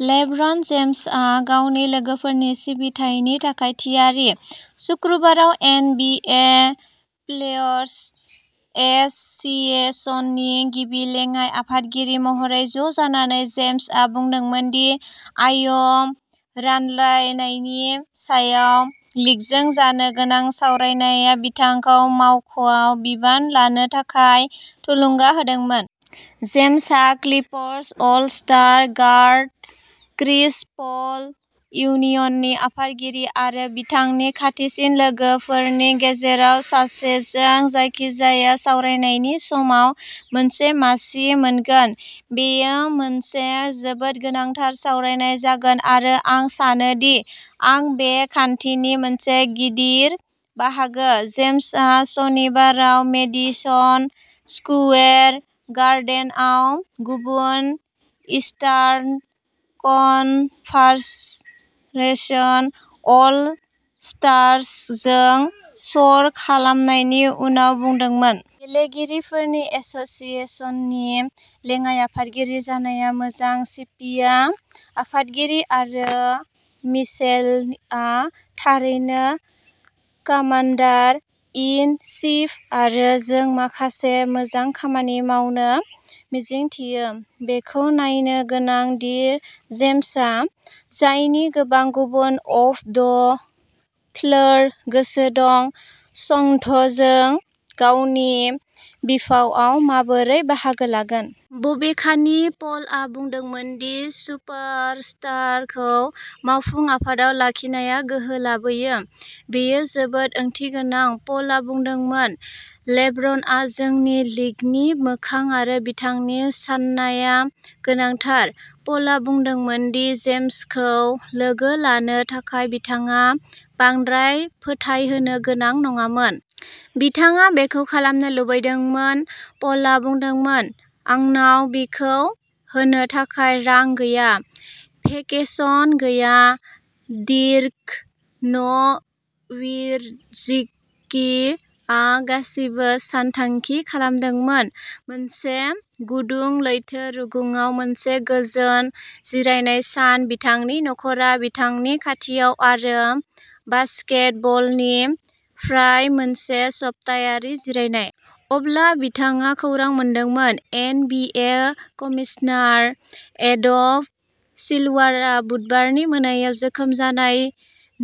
LeBron जेम्सआ गावनि लोगोफोरनि सिबिथायनि थाखाय थियारि। सुक्रुबाराव एन. बि. ए. प्लेयर्स एस'सिएशननि गिबि लेङाइ आफादगिरि महरै ज' जानानै, जेम्सआ बुंदोंमोन दि आय रानलायनायनि सायाव लीगजों जानो गोनां सावरायनाया बिथांखौ मावख'आव बिबान लानो थाखाय थुलुंगा होदोंमोन। जेम्सहा Clippers all star guard Chris Paul, इउनियननि आफादगिरि आरो बिथांनि खाथिसिन लोगोफोरनि गेजेराव सासेजों जायखिजाया सावरायनायनि समाव मोनसे मासि मोनगोन। "बेयो मोनसे जोबोद गोनांथार सावरायनाय जागोन, आरो आं सानोदि आं बे खान्थिनि मोनसे गिदिर बाहागो", जेम्सआ सनिबाराव मेडिसन स्कुवेर गार्डेनआव गुबुन इस्टार्न कनफारेन्स अल स्टार्सजों सर' खालामनायनि उनाव बुंदोंमोन। "गेलेगिरिफोरनि एस'सिएशननि लेङाइ आफादगिरि जानाया मोजां, सिपिआ आफादगिरि आरो मिशेलआ थारैनो कामान्डार इन चीफ, आरो जों माखासे मोजां खामानि मावनो मिजिंथियो। "बेखौ नायनो गोनां दि जेम्सआ, जायनि गोबां गुबुन अफ द फ्लोर गोसो दं, संघजों गावनि बिफावआव माबोरै बाहागो लागोन। बबेखानि, प'लआ बुंदोंमोन दि सुपारस्टारखौ मावफुं आफादाव लाखिनाया गोहो लाबोयो।" बेयो जोबोद ओंथिगोनां ", प'लआ बुंदोंमोन।" लेब्रनआ जोंनि लीगनि मोखां आरो बिथांनि साननाया गोनांथार। "प'लआ बुंदोंमोन दि जेम्सखौ लोगो लानो थाखाय बिथाङा बांद्राय फोथायहोनो गोनां नङामोन। बिथाङा बेखौ खालामनो लुबैदोंमोन", प'लआ बुंदोंमोन। "आंनाव बिखौ होनो थाखाय रां गैया।" भेकेशन गैया, डिर्क न'विट्ज्कीआ गासिबो सानथांखि खालामदोंमोन मोनसे गुदुं लैथो रुगुंआव मोनसे गोजोन जिरायनाय सान, बिथांनि न'खरा बिथांनि खाथियाव आरो बास्केटबलनिफ्राय मोनसे सप्तायारि जिरायनाय। अब्ला बिथाङा खौरां मोनदोंमोन। N. B. A. Commissioner Adam सिल्वारा बुधबारनि मोनायाव जोखोम जानाय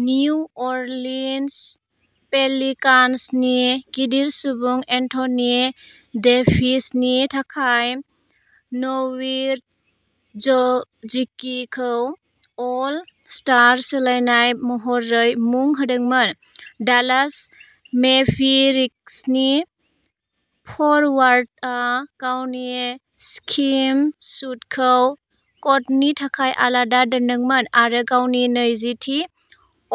निउ अरलिन्स पेलिकान्सनि गिदिर सुबुं एन्थनी डेभिसनि थाखाय न'विट्ज्कीखौ अल स्टार सोलायनाय महरै मुं होदोंमोन। डालास मेभेरिक्सनि फरवार्डआ गावनि स्विमसूटखौ क'टनि थाखाय आलादा दोनदोंमोन आरो गावनि नैजिथि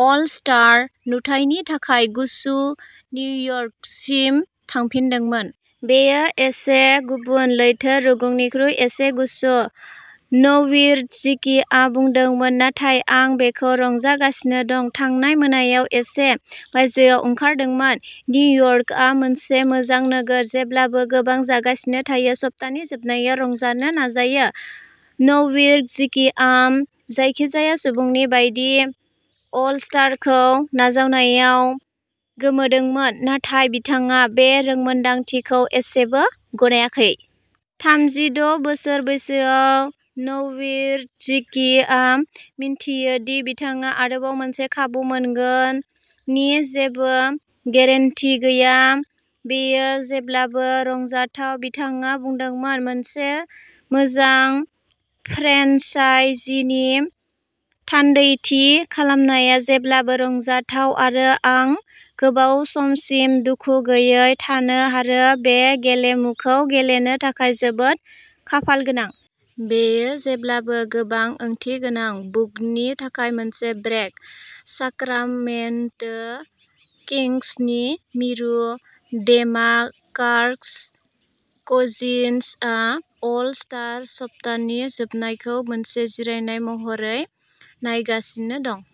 अल स्टार नुथायनि थाखाय गुसु निउयर्कसिम थांफिनदोंमोन। "बेयो एसे गुबुन, लैथो रुगुंनिख्रुइ एसे गुसु", न'विट्ज्किआ बुंदोंमोन। "नाथाय आं बेखौ रंजागासिनो दं। थांनाय मोनायाव एसे बायजोआव ओंखारदोंमोन। निउयर्कआ मोनसे मोजां नोगोर। जेब्लाबो गोबां जागासिनो थायो। सप्तानि जोबनायाव रंजानो नाजायो।" न'विट्ज्किआबो जायखिजाया सुबुंनि बायदि अल स्टारखौ नाजावनायाव गोमोदोंमोन, नाथाय बिथाङा बे रोंमोनदांथिखौ एसेबो गनायाखै। थामजि द' बोसोर बैसोआव, न'विट्ज्किआ मिन्थियो दि बिथाङा आरोबाव मोनसे खाबु मोनगोननि जेबो गेरेन्टि गैया। "बेयो जेब्लाबो रंजाथाव", बिथाङा बुंदोंमोन। "मोनसे मोजां फ्रेन्चाइजीनि थान्दैथि खालामनाया जेब्लाबो रंजाथाव आरो आं गोबाव समसिम दुखु गैयै थानो आरो बे गेलेमुखौ गेलेनो थाखाय जोबोद खाफालगोनां। बेयो जेब्लाबो गोबां ओंथि गोनां।" बुकनि थाखाय मोनसे ब्रेक, साक्रामेन्टो किंग्सनि मिरु डेमार्कास कजिन्सआ अल स्टार सप्तानि जोबनायखौ मोनसे जिरायनाय महरै नायगासिनो दं।